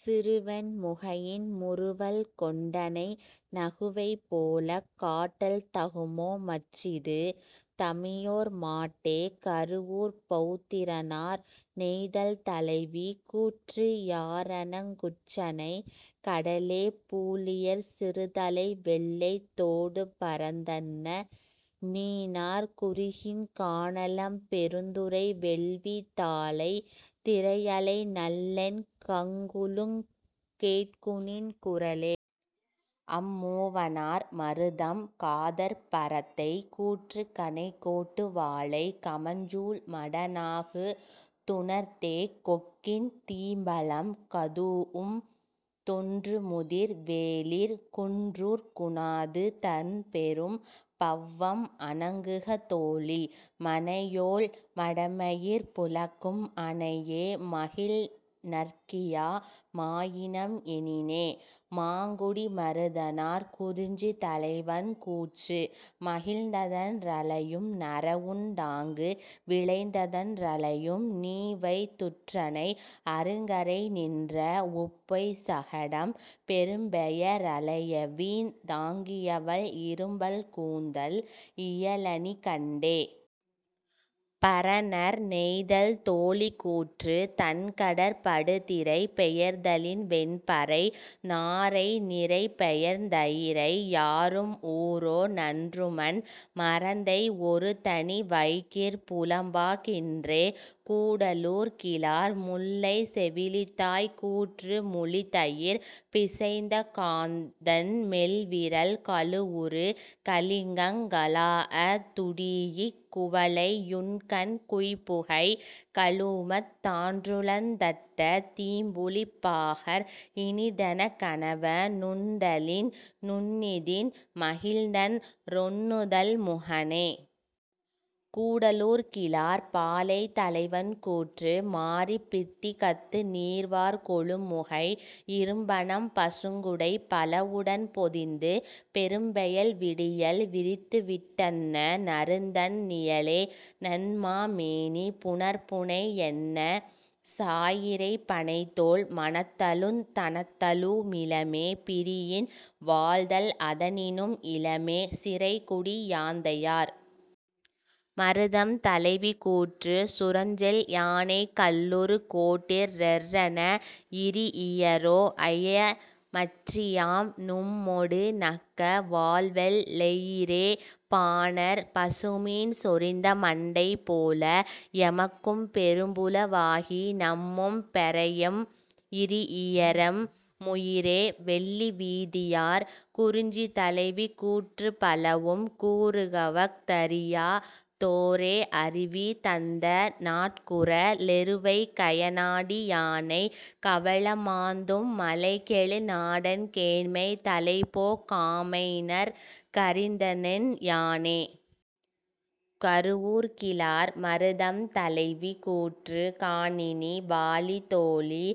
சிறுவெண் முகையின் முறுவல் கொண்டனை நகுவை போலக் காட்டல் தகுமோ மற்றிது தமியோர் மாட்டே. -கருவூர்ப் பவுத்திரனார்.. நெய்தல் தலைவி கூற்று யாரணங் குற்றனை கடலே பூழியர் சிறுதலை வெள்ளைத் தோடுபரந் தன்ன மீனார் குருகின் கானலம் பெருந்துறை வெள்வீத் தாழை திரையலை நள்ளென் கங்குலுங் கேட்குநின் குரலே. -அம்மூவனார்.. மருதம் காதற்பரத்தை கூற்று கணைக்கோட்டு வாளை கமஞ்சூல் மடநாகு துணர்த்தேக் கொக்கின் தீம்பழம் கதூஉம் தொன்றுமுதிர் வேளிர் குன்றூர்க் குணாது தண்பெரும் பவ்வம் அணங்குக தோழி மனையோள் மடமையிற் புலக்கும் அனையே மகிழ்நற்கியா மாயினம் எனினே. -மாங்குடி மருதனார்.. குறிஞ்சி தலைவன் கூற்று மகிழ்ந்ததன் றலையும் நறவுண் டாங்கு விழைந்ததன் றலையும் நீவெய் துற்றனை அருங்கரை நின்ற உப்பொய் சகடம் பெரும்பெய றலையவீந் தாங்கியவள் இரும்பல் கூந்தல் இயலணி கண்டே. -பரணர்.. நெய்தல் தோழி கூற்று தண்கடற் படுதிரை பெயர்த்தலின் வெண்பறை நாரை நிரைபெயர்ந் தயிரை யாரும் ஊரோ நன்றுமன் மரந்தை ஒருதனி வைகிற் புலம்பா கின்றே. -கூடலூர் கிழார்.. முல்லை செவிலித்தாய் கூற்று முளிதயிர் பிசைந்த காந்தண் மெல்விரல் கழுவுறு கலிங்கங் கழாஅ துடீஇக் குவளை யுண்கண் குய்ப்புகை கழுமத் தான்றுழந் தட்ட தீம்புளிப் பாகர் இனிதெனக் கணவ னுண்டலின் நுண்ணிதின் மகிழ்ந்தன் றொண்ணுதல் முகனே. -கூடலூர் கிழார்.. பாலை தலைவன் கூற்று மாரிப் பித்திகத்து நீர்வார் கொழுமுகை இரும்பனம் பசுங்குடைப் பலவுடன் பொதிந்து பெரும்பெயல் விடியல் விரித்துவிட் டன்ன நறுந்தண் ணியளே நன்மா மேனி புனற்புணை யன்ன சாயிறைப் பணைத்தோள் மணத்தலுந் தணத்தலு மிலமே பிரியின் வாழ்தல் அதனினும் இலமே. -சிறைக்குடி யாந்தையார்.. மருதம் தலைவி கூற்று சுரஞ்செல் யானைக் கல்லுறு கோட்டிற் றெற்றென இறீஇயரோ ஐய மற்றியாம் நும்மொடு நக்க வால்வெள் ளெயிறே பாணர், பசுமீன் சொரிந்த மண்டைபோல எமக்கும் பெரும்புல வாகி நும்மும் பெறேஎம் இறீஇயரெம் முயிரே. -வெள்ளிவீதியார்.. குறிஞ்சி தலைவி கூற்று பலவும் கூறுகவஃ தறியா தோரே அருவி தந்த நாட்குர லெருவை கயனா டியானை கவள மாந்தும் மலைகெழு நாடன் கேண்மை தலைபோ காமைநற் கறிந்தனென் யானே. -கருவூர்கிழார்.. மருதம் தலைவி கூற்று காணினி வாழி தோழி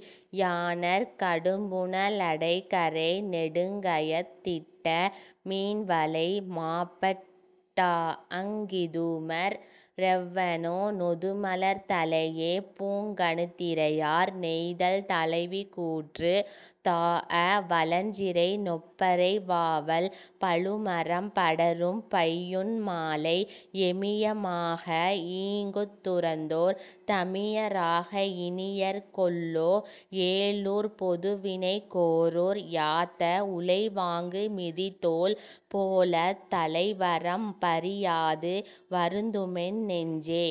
யாணர்க் கடும்புன லடைகரை நெடுங்கயத் திட்ட மீன்வலை மாப்பட் டாஅங் கிதுமற் றெவனோ நொதுமலர் தலையே. -பூங்கணுத்திரையார்.. நெய்தல் தலைவி கூற்று தாஅ வலஞ்சிறை நொப்பறை வாவல் பழுமரம் படரும் பையுன் மாலை எமிய மாக ஈங்குத் துறந்தோர் தமிய ராக இனியர் கொல்லோ ஏழூர்ப் பொதுவினைக் கோரூர் யாத்த உலைவாங்கு மிதிதோல் போலத் தலைவரம் பறியாது வருந்துமென் னெஞ்சே.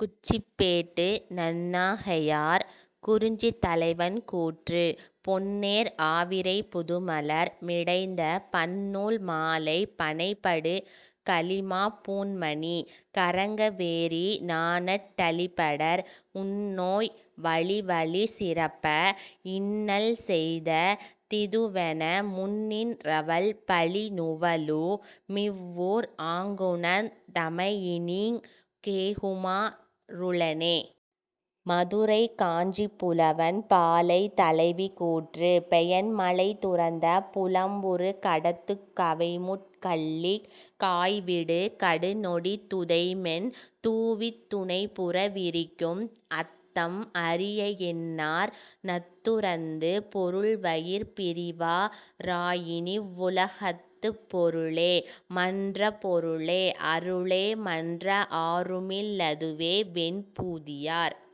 குச்சிப்பேட்டு நன்னாகையார்.. குறிஞ்சி தலைவன் கூற்று பொன்னேர் ஆவிரைப் புதுமலர் மிடைந்த பன்னூல் மாலைப் பனைபடு கலிமாப் பூண்மணி கறங்க வேறி நாணட் டழிபடர் உண்ணோய் வழிவழி சிறப்ப இன்னள் செய்த திதுவென முன்னின் றவள் பழி நுவலு மிவ்வூர் ஆங்குணர்ந் தமையினீங் கேகுமா றுளெனே. -மதுரைக் காஞ்சிப்புலவன்.. பாலை தலைவி கூற்று பெயன்மழை துறந்த புலம்புறு கடத்துக் கவைமுட் கள்ளிக் காய்விடு கடுநொடி துதைமென் தூவித் துணைப்புற விரிக்கும் அத்தம் அரிய என்னார் நத்துறந்து பொருள்வயிற் பிரிவா ராயினிவ் வுலகத்துப் பொருளே மன்ற பொருளே அருளே மன்ற ஆருமில் லதுவே. -வெண்பூதியார்..